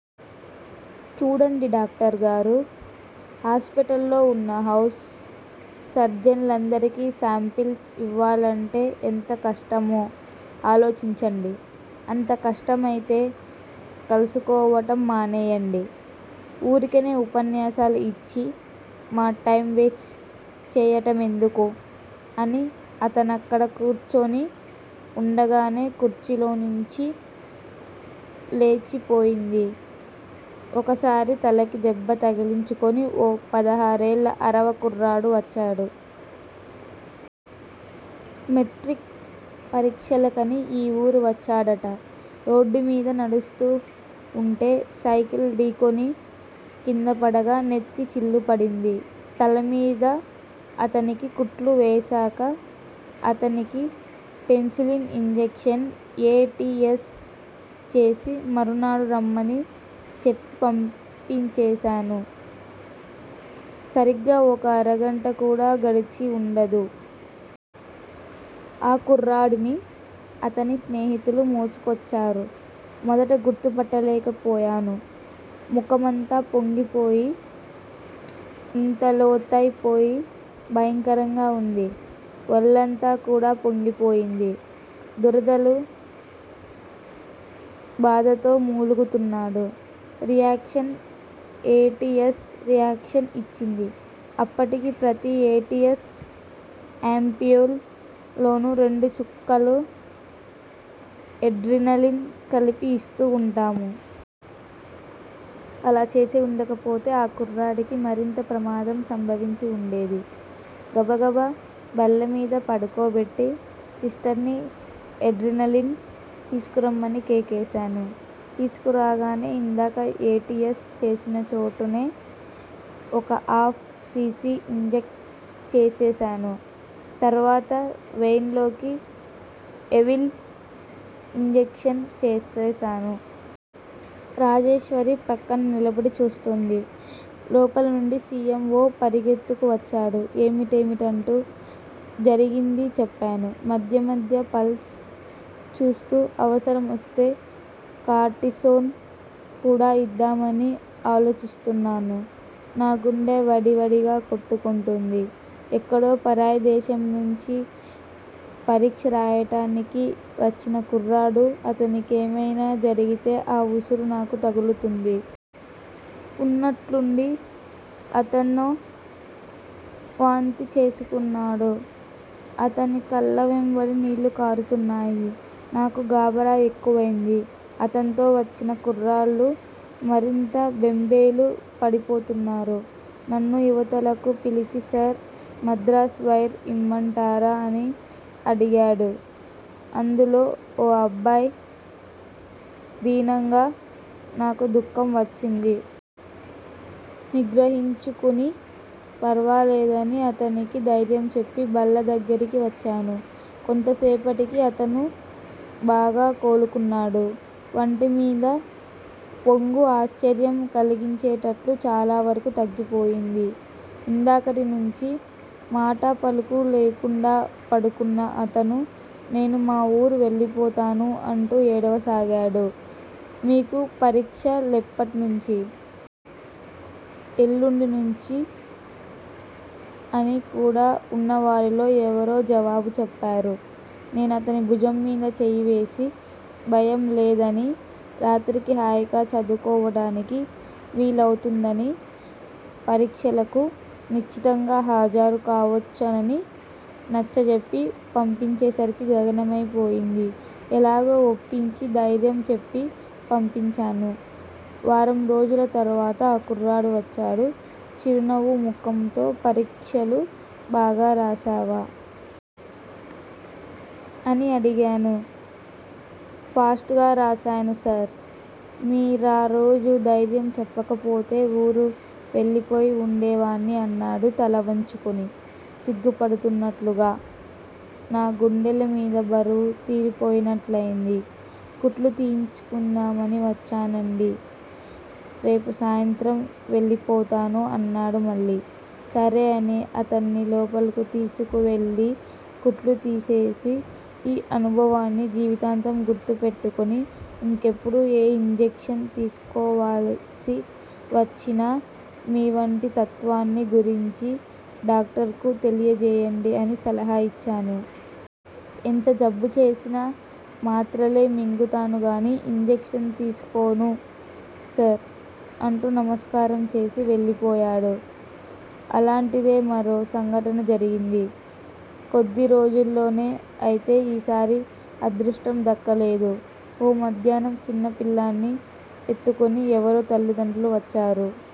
చూడండి డాక్టరుగారూ! హాస్పిటల్లో వున్న హౌస్ సర్జన్లందరికీ శాంపిల్స్ ఇవ్వాలంటే ఎంత కష్టమో ఆలోచించండి. అంత కష్టమైతే కలుసుకోవటం మానేయ్యండి. ఊరికినే ఉపన్యాసాలు ఇచ్చి మా టైమ్ వేస్ట్ చేయటమెందుకు? అని, అతనక్కడ కూర్చుని వుండగానే కుర్చీలోనుంచి లేచిపోయింది. ఒకసారి తలకి దెబ్బ తగిలించుకొని ఓ పదహారేళ్ళ అరవ కుర్రాడు వచ్చాడు. మెట్రిక్ పరీక్షలకని ఈ ఊరు వచ్చాడట రోడ్డు మీద నడుస్తూ వుంటే సైకిలు ఢీకొని క్రిందపడగా నెత్తి చిల్లుపడింది. తలమీద అతనికి కుట్లు వేశాక అతనికి penicillin injection, A. T. S. చేసి మరునాడు రమ్మని చెప్పి పంపించేశాను. సరిగ్గా ఒక అరగంట కూడా గడిచి వుండదు. ఆ కుర్రాడిని అతని స్నేహితులు మోసుకొచ్చారు. మొదట గుర్తుపట్టలేకపోయాను. ముఖమంతా పొంగిపోయి, ఇంతలోతైపోయి భయంకరంగా వుంది. వళ్ళంతా కూడా పొంగిపోయింది. దురదలు, బాధతో మూలుగుతున్నాడు. Reaction! A. T. S. Reaction ఇచ్చింది. అప్పటికి ప్రతి ఎ. టి. ఎస్. యాంప్యూల్ లోనూ రెండు చుక్కలు ఎడ్రినలిన్ కలిపి ఇస్తూ వుంటాము. అలా చేసివుండకపోతే ఆ కుర్రాడికి మరింత ప్రమాదం సంభవించి వుండేది. గబగబ బల్లమీద పడుకోబెట్టి సిస్టర్ని ఎడ్రినలిన్ తీసుకురమ్మని కేకేశాను. తీసుకురాగానే ఇందాక ఎ. టి. ఎస్. చేసిన చోటునే ఒక ఆఫ్ సి. సి. ఇంజక్ట్ చేసేశాను. తర్వాత వెయిన్ లోకి ఎవిల్ ఇంజక్షన్ చేసేశాను. రాజేశ్వరి ప్రక్కన నిలబడి చూస్తోంది లోపలినుండి సి. ఎమ్. ఓ. పరిగెత్తుకు వచ్చాడు, ఏమిటేమిటంటూ జరిగింది చెప్పాను. మధ్య మధ్య పల్స్ చూస్తూ, అవసరమొస్తే కార్డిసోన్ కూడా ఇద్దామా అని ఆలోచిస్తున్నాను. నా గుండె వడి వడిగా కొట్టుకుంటోంది. ఎక్కడో పరాయి దేశం నుంచి పరీక్ష రాయటానికి వచ్చిన కుర్రాడు, అతనికేమైనా జరిగితే ఆ ఉసురు నాకు తగులుతుంది. ఉన్నట్లుండి అతనో వాంతి చేసుకున్నాడు. అతని కళ్ళ వెంబడి నీళ్ళు కారుతున్నాయి. నాకు గాబరా ఎక్కువయింది. అతన్తో వచ్చిన కుర్రాళ్ళు మరింత బెంబేలు పడిపోతున్నారు. నన్ను ఇవతలకు పిలిచి సార్! మద్రాస్ వైర్ ఇమ్మంటారా అని అడిగాడు అందులో ఓ అబ్బాయి, దీనంగా. నాకు దుఃఖం వచ్చింది. నిగ్రహించుకుని, పర్వాలేదని అతనికి ధైర్యం చెప్పి బల్ల దగ్గరకి వచ్చాను. కొంతసేపటికి అతను బాగా కోలుకున్నాడు. వంటిమీద పొంగు ఆశ్చర్యం కలిగించేటట్లు చాలా వరకూ తగ్గిపోయింది. ఇందాకటి నుంచీ మాటా పలుకూ లేకుండా పడుకున్న అతను నేను మా ఊరు వెళ్ళిపోతాను అంటూ ఏడవసాగాడు. మీకు పరీక్ష లెప్పట్నుంచి? ఎల్లుండి నుంచి అని కూడా వున్నవారిలో ఎవరో జవాబు చెప్పారు. నేనతని భుజంమీద చేయివేసి భయంలేదనీ, రాత్రికి హాయిగా చదువుకోవడానికి వీలవుతుందనీ, పరీక్షలకు నిశ్చింతగా హాజరు కావచ్చుఅనీ నచ్చజెప్పి పప్పించేసరికి గగనమై పోయింది ఎలాగో ఒప్పించి ధైర్యం చెప్పి పంపించాను. వారంరోజుల తర్వాత ఆ కుర్రాడు వచ్చాడు, చిరునవ్వు ముఖంతో పరీక్షలు బాగా రాశావా? అని అడిగాను. ఫాస్ట్ గా రాశాను సార్! మీరారోజు ధైర్యం చెప్పకపోతే ఊరు వెళ్ళిపోయి వుండేవాణ్ని అన్నాడు తల వంచుకుని, సిగ్గుపడుతూన్నట్లుగా. నా గుండెలమీద బరువు తీరిపోయినట్లయింది. కుట్లు తీయించుకుందామని వచ్చానండీ. రేపు సాయంత్రం వెళ్ళిపోతాను అన్నాడు మళ్ళీ. సరే అని అతన్ని లోపలకు తీసుకువెళ్ళి కుట్లు తీసేసి ఈ అనుభవాన్ని జీవితాంతం గుర్తు పెట్టుకుని, ఇంకెప్పుడూ ఏ ఇంజక్షన్ తీసుకోవలసి వచ్చినా మీ వంటి తత్వాన్ని గురించి డాక్టరుకు తెలియజేయండి అని సలహా ఇచ్చాను. ఎంత జబ్బుచేసినా మాత్రలే మింగుతాను గాని ఇంజక్షన్ తీసుకోను సార్! అంటూ నమస్కారం చేసి, వెళ్ళిపోయాడు. అలాంటిదే మరో సంఘటన జరిగింది, కొద్ది రోజుల్లోనే. అయితే ఈసారి అదృష్టం దక్కలేదు. ఓ మధ్యాహ్నం చిన్నపిల్లాణ్ని ఎత్తుకుని ఎవరో తల్లిదండ్రులు వచ్చారు.